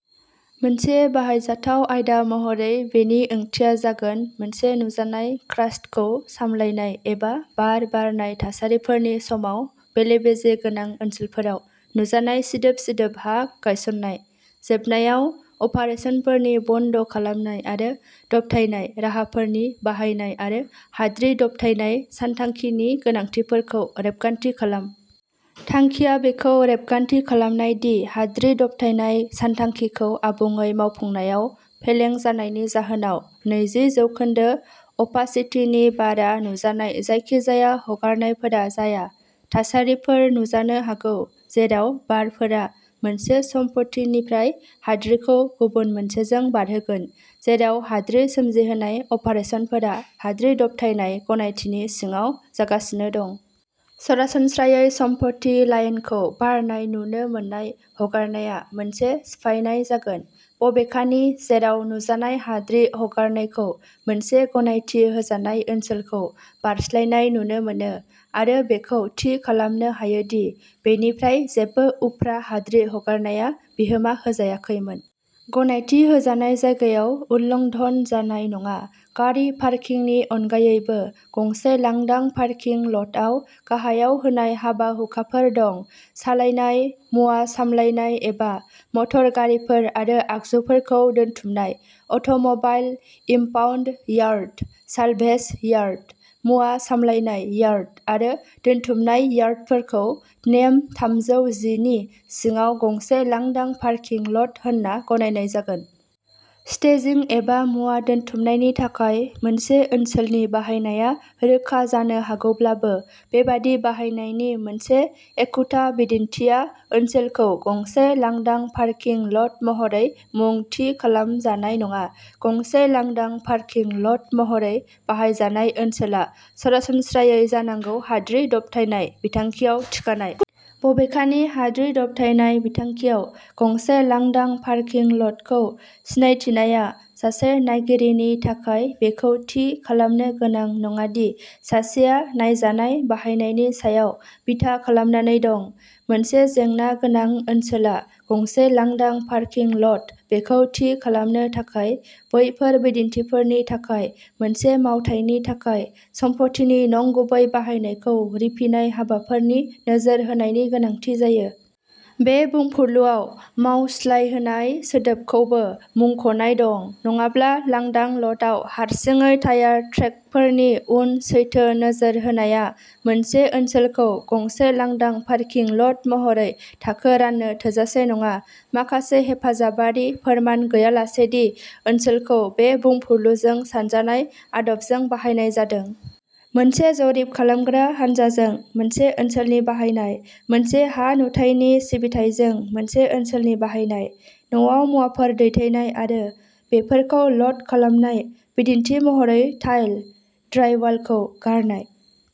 मोनसे बाहायजाथाव आयदा महरै बेनि ओंथिया जागोन मोनसे नुजानाय क्रास्टखौ सामलायनाय एबा बार बारनाय थासारिफोरनि समाव बेले-बेजे गोनां ओनसोलफोराव नुजानाय सिदोब-सिदोब हा गायसन्नाय। जोबनायाव अपारेसनफोरनि बन्द' खालामनाय आरो दबथायनाय राहाफोरनि बाहायनाय आरो हाद्रि दबथायनाय सानथांखिनि गोनांथिफोरखौ रेबगान्थि खालाम। थांखिया बेखौ रेबगान्थि खालामनाय दि हाद्रि दबथायनाय सानथांखिखौ आबुङै मावफुंनायाव फेलें जानायनि जाहोनाव नैजि जौखोन्दो अपासिटिनि बारा नुजानाय जायखिजाया हगारनायफोरा जाया। थासारिफोर नुजानो हागौ जेराव बारफोरा मोनसे सम्पथिनिफ्राय हाद्रिखौ गुबुन मोनसेजों बारहोगोन जेराव हाद्रि सोमजिहोनाय अपारेसनफोरा हाद्रि दबथायनाय गनायथिनि सिङाव जागासिनो दं। सरासनस्रायै सम्पथि लाइनखौ बारनाय नुनो मोननाय हगारनाया मोनसे सिफायनाय जागोन। बबेखानि जेराव नुजानाय हाद्रि हगारनायखौ मोनसे गनायथि होजानाय ओनसोलखौ बारस्लायनाय नुनो मोनो आरो बेखौ थि खालामनो हायो दि बेनिफ्राय जेबो उफ्रा हाद्रि हगारनाया बिहोमा होजायाखैमोन। गनायथि होजानाय जायगायाव उल्लंधन जानाय नङा। गारि पार्किंनि अनगायैबो गंसे लांदां पार्किं ल'टआव गाहायाव होनाय हाबा-हुखाफोर दं, सालायनाय, मुवा सामलायनाय एबा मटर गारिफोर आरो आगजुफोरखौ दोनथुमनाय। Automobile impound yard, salvage yard, मुवा सामलायनाय यार्ड आरो दोनथुमनाय यार्डफोरखौ नेम थामजौ जि नि सिङाव गंसे लांदां पार्किं ल'ट होनना गनायनाय जागोन। स्टेजिं एबा मुवा दोनथुमनायनि थाखाय मोनसे ओनसोलनि बाहायनाया रोखा जानो हागौब्लाबो बेबादि बाहायनायनि मोनसे एखुथा बिदिन्थिआ ओनसोलखौ गंसे लांदां पार्किं ल'ट महरै मुं थि खालाम जानाय नङा। गंसे लांदां पार्किं ल'ट महरै बाहायजानाय ओनसोला सरासनस्रायै जानांगौ हाद्रि दबथायनाय बिथांखियाव थिखानाय। बबेखानि हाद्रि दबथायनाय बिथांखियाव गंसे लांदां पार्किं ल'टखौ सिनायथिनाया सासे नायगिरिनि थाखाय बेखौ थि खालामनो गोनां नङा दि सासेआ नायजानाय बाहायनायनि सायाव बिथा खालामनानै दं। मोनसे जेंना गोनां ओनसोला गंसे लांदां पार्किं ल'ट बेखौ थि खालामनो थाखाय बैफोर बिदिन्थिफोरनि थाखाय मोनसे मावथायनि थाखाय सम्पथिनि नंगुबै बाहायनायखौ रिफिनाय हाबाफोरनि नोजोर होनायनि गोनांथि जायो। बे बुंफुरलुआव "मावस्लायहोनाय" सोदोबखौबो मुंख'नाय दं। नङाब्ला लांदां ल'टआव हारसिङै टायार ट्रेकफोरनि उन सैथो नोजोर होनाया मोनसे ओनसोलखौ गंसे लांदां पार्किं ल'ट महरै थाखो राननो थोजासे नङा माखासे हेफाजाबारि फोरमान गैयालासे दि ओनसोलखौ बे बुंफुरलुजों सानजानाय आदबजों बाहायनाय जादों। मोनसे जरिब खालामग्रा हान्जाजों मोनसे ओनसोलनि बाहायनाय। मोनसे हा-नुथायनि सिबिथाइजों मोनसे ओनसोलनि बाहायनाय। न'आव मुवाफोर दैथायनाय आरो बेफोरखौ ल'ड खालामनाय बिदिन्थि महरै टाइल, ड्राइवालखौ गारनाय।